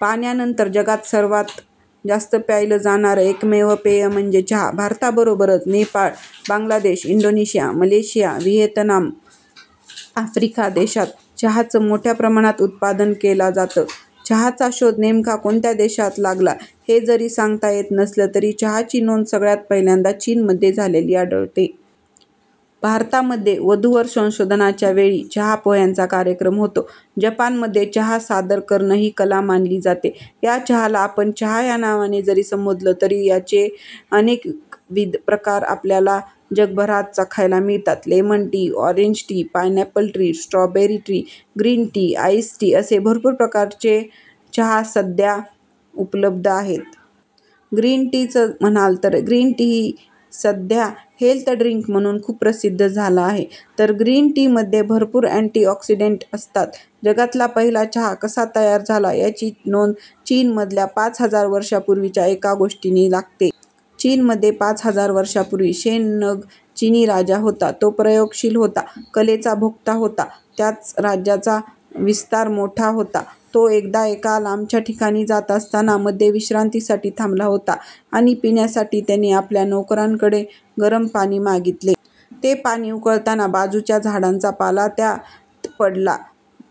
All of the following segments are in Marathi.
पाण्यानंतर जगात सर्वात जास्त प्यायल जाणार एकमेव पेय म्हणजे चहा. भारताबरोबरच Nepal, Bangladesh, Indonesia, Malaysia, Vietnam, Africa देशांत चहाचं मोठ्या प्रमाणात उत्पादन केला जातं. चहाचा शोध नेमका कोणत्या देशात लागला हे जरी सांगता येत नसलं तरी चहाची नोंद सगळ्यात पहिल्यांदा चीनमध्ये झालेली आढळते. भारतामध्ये वधूवर संशोधनाच्या वेळी चहा पोह्यांचा कार्यक्रम होतो, जपानमध्ये चहा सादर करण ही कला मानली जाते. या चहाला आपण चहा या नावाने जरी संबोधलं तर याचे अनेकविध प्रकार आपल्याला जगभरात चाखायला मिळतात. Lemon tea, orange tea, pineapple tea, strawberry tea, green tea ice tea असे भरपूर प्रकारचे चहा सध्या उपलब्ध आहेत. ग्रीन टी चं म्हणाल तर ग्रीन टी सध्या हेल्थ ड्रिंक म्हणून खूप प्रसिद्ध झाला आहे. तर ग्रीन टी मध्ये भरपूर अँटी ऑक्सीडेंट असतात. जगातला पहिला चहा कसा तयार झाला याची नोंद चीनमधल्या पाच हजार वर्षांपूर्वीच्या एका गोष्टीने लागते. चीनमध्ये पाच हजार वर्षांपूर्वी शेन नग चिनी राजा होता. तो प्रयोगशील होता. कलेचा भोक्ता होता. त्याच राज्याचा विस्तार मोठा होता. तो एकदा एका लांबच्या ठिकाणी जात असताना मध्ये विश्रांतीसाठी थांबला होता आणि पिण्यासाठी त्याने आपला नोकरांकडे गरम पाणी मागितले. ते पाणी उकळताना बाजूच्या झाडांचा पाला त्यात पडला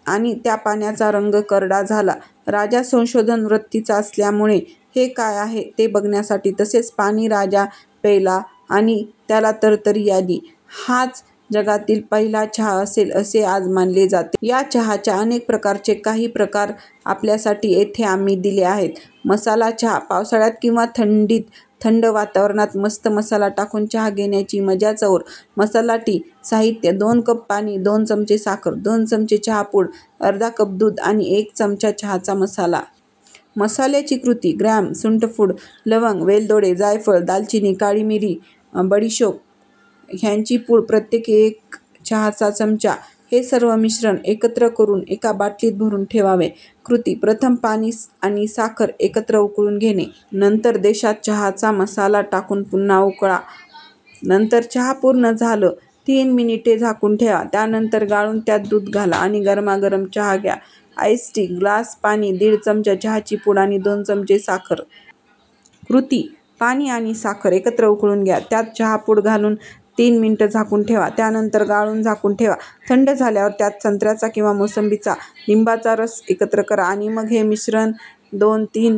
आणि त्या पाण्याचा रंग करडा झाला. राजा संशोधन वृत्तीचा असल्यामुळे हे काय आहे ते बघण्यासाठी तसेच पाणी राजा प्यायला आणि त्याला तरतरी आली. हाच जगातील पहिला चहा असेल असे आज मानले जाते. या चहाच्या अनेक प्रकारांची काही प्रकार आपल्यासाठी येथे आम्ही दिले आहेत. मसाला चहा पावसाळ्यात किंवा थंडीत थंड वातावरणात मस्त मसाला टाकून चहा घेण्याची मजाच और! मसाला टी साहित्य: दोन कप पाणी, दोन चमचे साखर, दोन चमचे चहा पूड, अर्धा कप दूध आणि एक चमचा चहाचा मसाला. मसाल्याची कृती – ग्रॅम, सुंठपूड, लवंग, वेलदोडे, जायफळ, दालचिनी, काळीमिरी, बडिशेप ह्यांची पूड प्रत्येकी एक चहाचा चमचा. हे सर्व मिश्रण एकत्र करून एका बाटलीत भरून ठेवावे. कृती: प्रथम पाणी आणि साखर एकत्र उकळून घेणे. नंतर देशात चहाचा मसाला टाकून पुन्हा उकळा. नंतर चहा पूर्ण झालं तीन मिनिटं झाकून ठेवा. त्यानंतर गाळून त्यात दूध घाला आणि गरमगरम चहा द्या. आइस टी: ग्लास पाणी, दीड चमचा चहाची पूड आणि दोन चमचे साखर. कृती: पाणी आणि साखर एकत्र उकळून घ्या. त्यात चहा पूड घालून तीन मिनिटं झाकून ठेवा. त्यानंतर गाळून झाकून ठेवा. थंड झाल्यावर त्यात संत्र्याच्या किंवा मोसंबीचा, लिंबाचा रस एकत्र करा. आणि मग हे मिश्रण दोन तीन